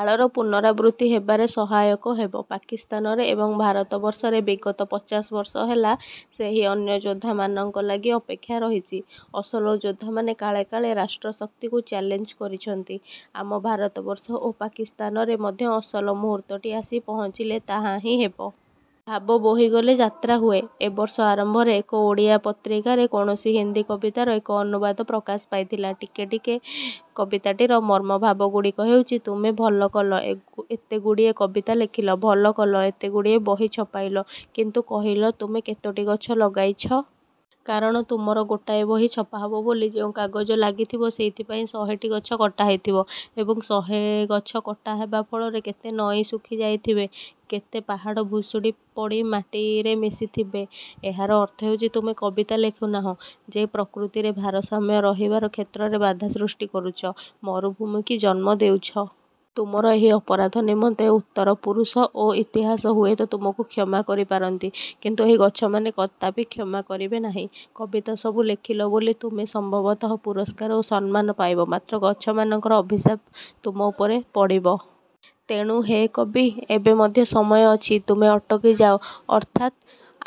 କାଳର ପୁନରାବୃତ୍ତି ହେବାରେ ସହାୟକ ହେବ। ପାକିସ୍ତାନରେ ଏବଂ ଭାରତବର୍ଷରେ ବିଗତ ପଚାଶବର୍ଷ ହେଲା ସେହି ଅନ୍ୟ ଯୋଦ୍ଧାମାନଙ୍କ ଲାଗି ଅପେକ୍ଷା ରହିଛି। ଅସଲ ଯୋଦ୍ଧାମାନେ କାଳେ କାଳେ ରାଷ୍ଟ୍ରଶକ୍ତିକୁ ଚ୍ୟାଲେଞ୍ଜ କରିଛନ୍ତି। ଆମ ଭାରତବର୍ଷ ଓ ପାକିସ୍ତାନରେ ମଧ୍ୟ ଅସଲ ମୁହୂର୍ତ୍ତଟି ଆସି ପହଞ୍ଚିଲେ ତାହାହିଁ ହେବ। ଭାବ ବୋହିଗଲେ ଯାହା ହୁଏ ଏବର୍ଷ ଆରମ୍ଭରେ ଏକ ଓଡ଼ିଆ ପତ୍ରିକାରେ କୌଣସି ହିନ୍ଦି କବିତାର ଏକ ଅନୁବାଦ ପ୍ରକାଶ ପାଇଥିଲା। ଠିକେ ଠିକେ କବିତାଟିର ମର୍ମଭାବଗୁଡ଼ିକ ହେଉଛି ତୁମେ ଭଲ କଲ ଏତେଗୁଡ଼ିଏ କବିତା ଲେଖିଲ, ଭଲ କଲ ଏତେଗୁଡ଼ିଏ ବହି ଛପାଇଲ। କିନ୍ତୁ କହିଲ ତୁମେ କେତୋଟି ଗଛ ଲଗାଇଛ। କାରଣ ତୁମର ଗୋଟାଏ ବହି ଛପାହେବ ବୋଲି ଯେଉଁ କାଗଜ ଲାଗିଥିବ, ସେଥିପାଇଁ ଶହେଟି ଗଛ କଟାହୋଇ ଥିବ। ଏବଂ ଶହେ ଗଛ କଟା ହେବା ଫଳରେ କେତେ ନଈ ଶୁଖି ଯାଇଥିବେ, କେତେ ପାହାଡ଼ ଭୁଷୁଡ଼ି ପଡ଼ି ମାଟିରେ ମିଶିଥିବେ। ଏହାର ଅର୍ଥ ହେଉଛି, ତୁମେ କବିତା ଲେଖୁନାହଁ ଯେ ପ୍ରକୃତିରେ ଭାରସାମ୍ୟ ରହିବାର କ୍ଷେତ୍ରରେ ବାଧା ସୃଷ୍ଟି କରୁଛ, ମରୁଭୂମିକି ଜନ୍ମ ଦେଉଛ। ତୁମର ଏହି ଅପରାଧ ନିମନ୍ତେ ଉତ୍ତର ପୁରୁଷ ଓ ଇତିହାସ ହୁଏତ ତୁମକୁ କ୍ଷମା କରିପାରନ୍ତି। କିନ୍ତୁ ଏହି ଗଛମାନେ କଦାପି କ୍ଷମା କରିବେ ନାହିଁ। କବିତା ସବୁ ଲେଖିଲ ବୋଲି ତୁମେ ସମ୍ଭବତଃ ପୁରସ୍କାର ଓ ସମ୍ମାନ ପାଇବ ମାତ୍ର ଗଛମାନଙ୍କର ଅଭିଶାପ ତୁମ ଉପରେ ପଡ଼ିବ। ତେଣୁ ହେ କବି, ଏବେ ମଧ୍ୟ ସମୟ ଅଛି ତୁମେ ଅଟକିଯାଅ ଅର୍ଥାତ୍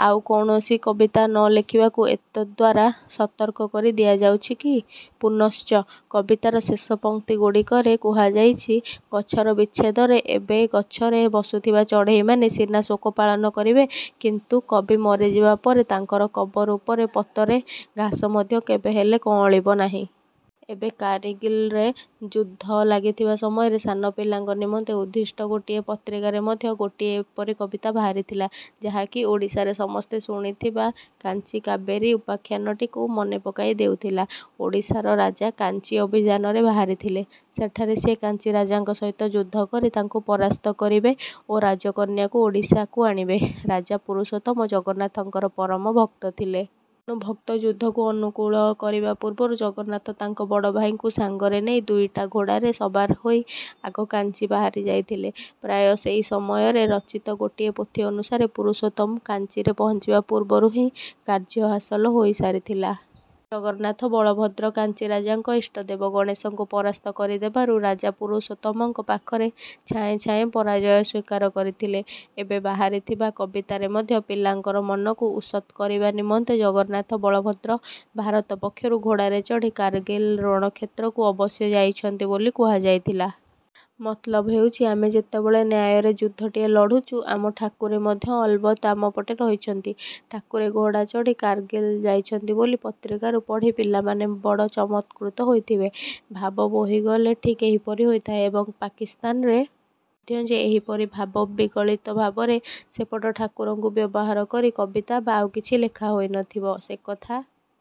ଆଉ କୌଣସି କବିତା ନ ଲେଖିବାକୁ ଏତଦ୍ଦ୍ୱାରା ସତର୍କ କରି ଦିଆଯାଇଛି କି? ପୁନଶ୍ଚ କବିତାର ଶେଷ ପଂକ୍ତି ଗୁଡ଼ିକରେ କୁହାଯାଇଛି, ଗଛର ବିଚ୍ଛେଦରେ ଏବେ ଗଛରେ ବସୁଥିବା ଚଢ଼େଇମାନେ ସିନା ଶୋକ ପାଳନ କରିବେ କିନ୍ତୁ କବି ମରିଯିବା ପରେ ତାଙ୍କର କବର ଉପରେ ପତରେ ଘାସ ମଧ୍ୟ କେବେହେଲେ କଅଁଳିବ ନାହିଁ। ଏବେ କାରଗିଲ୍ରେ ଯୁଦ୍ଧ ଲାଗିଥିବା ସମୟରେ ସାନ ପିଲାଙ୍କ ନିମନ୍ତେ ଉଦ୍ଦିଷ୍ଟ ଗୋଟିଏ ପତ୍ରିକାରେ ମଧ୍ୟ ଗୋଟିଏ ଏପରି କବିତା ବାହାରିଥିଲା ଯାହାକି ଓଡ଼ିଶାରେ ସମସ୍ତେ ଶୁଣିଥିବା କାଞ୍ଚି କାବେରୀ ଉପାଖ୍ୟାନଟିକୁ ମନେପକାଇ ଦେଉଥିଲା। ଓଡ଼ିଶାର ରାଜା କାଞ୍ଚି ଅଭିଯାନରେ ବାହାରିଥିଲେ। ସେଠାରେ ସିଏ କାଞ୍ଚି ରାଜାଙ୍କ ସହିତ ଯୁଦ୍ଧ କରି ତାଙ୍କୁ ପରାସ୍ତ କରିବେ ଓ ରାଜକନ୍ୟାକୁ ଓଡ଼ିଶାକୁ ଆଣିବେ, ରାଜା ପୁରୁଷୋତ୍ତମ ଜଗନ୍ନାଥଙ୍କର ପରମ ଭକ୍ତ ଥିଲେ। ତେଣୁ ଭକ୍ତ ଯୁଦ୍ଧକୁ ଅନୁକୂଳ କରିବା ପୂର୍ବରୁ ଜଗନ୍ନାଥ ତାଙ୍କ ବଡ଼ଭାଇଙ୍କୁ ସାଙ୍ଗରେ ନେଇ ଦୁଇଟା ଘୋଡ଼ାରେ ସବାର ହୋଇ ଆଗ କାଞ୍ଚି ବାହାରି ଯାଇଥିଲେ। ପ୍ରାୟ ସେହି ସମୟରେ ରଚିତ ଗୋଟିଏ ପୋଥି ଅନୁସାରେ ପୁରୁଷୋତ୍ତମ କାଞ୍ଚିରେ ପହଞ୍ଚିବା ପୂର୍ବରୁ ହିଁ କାର୍ଯ୍ୟ ହାସଲ ହୋଇ ସାରିଥିଲା। ଜଗନ୍ନାଥ ବଳଭଦ୍ର କାଞ୍ଚିରାଜାଙ୍କ ଇଷ୍ଟଦେବ ଗଣେଶଙ୍କୁ ପରାସ୍ତ କରିଦେବାରୁ ରାଜା ପୁରୁଷୋତ୍ତମଙ୍କ ପାଖରେ ଛାଏଁ ଛାଏଁ ପରାଜୟ ସ୍ୱୀକାର କରିଥିଲେ। ଏବେ ବାହାରିଥିବା କବିତାରେ ମଧ୍ୟ ପିଲାଙ୍କର ମନକୁ ଉଷତ କରିବା ନିମନ୍ତେ ଜଗନ୍ନାଥ ବଳଭଦ୍ର ଭାରତ ପକ୍ଷରୁ ଘୋଡ଼ାରେ ଚଢ଼ି କାରଗିଲ୍ ରଣକ୍ଷେତ୍ରକୁ ଅବଶ୍ୟ ଯାଇଛନ୍ତି ବୋଲି କୁହାଯାଇଥିଲା। ମତଲବ ହେଉଛି ଆମେ ଯେତେବେଳେ ନ୍ୟାୟରେ ଯୁଦ୍ଧଟିଏ ଲଢୁଛୁ, ଆମ ଠାକୁରେ ମଧ୍ୟ ଅଲବତ ଆମ ପଟେ ରହିଛନ୍ତି। ଠାକୁରେ ଘୋଡ଼ା ଚଢ଼ି କାରଗିଲ୍ ଯାଇଛନ୍ତି ବୋଲି ପତ୍ରିକାରୁ ପଢ଼ି ପିଲାମାନେ ବଡ଼ ଚମତ୍କୃତ ହୋଇଥିବେ। ଭାବ ବୋହିଗଲେ ଠିକ୍ ଏହିପରି ହୋଇଥାଏ। ଏବଂ ପାକିସ୍ତାନରେ ମଧ୍ୟ ଯେ ଏହିପରି ଭାବବିଗଳିତ ଭାବରେ ସେପଟ ଠାକୁରଙ୍କୁ ବ୍ୟବହାର କରି କବିତା ବା ଆଉ କିଛି ଲେଖା ହୋଇନଥିବ, ସେକଥା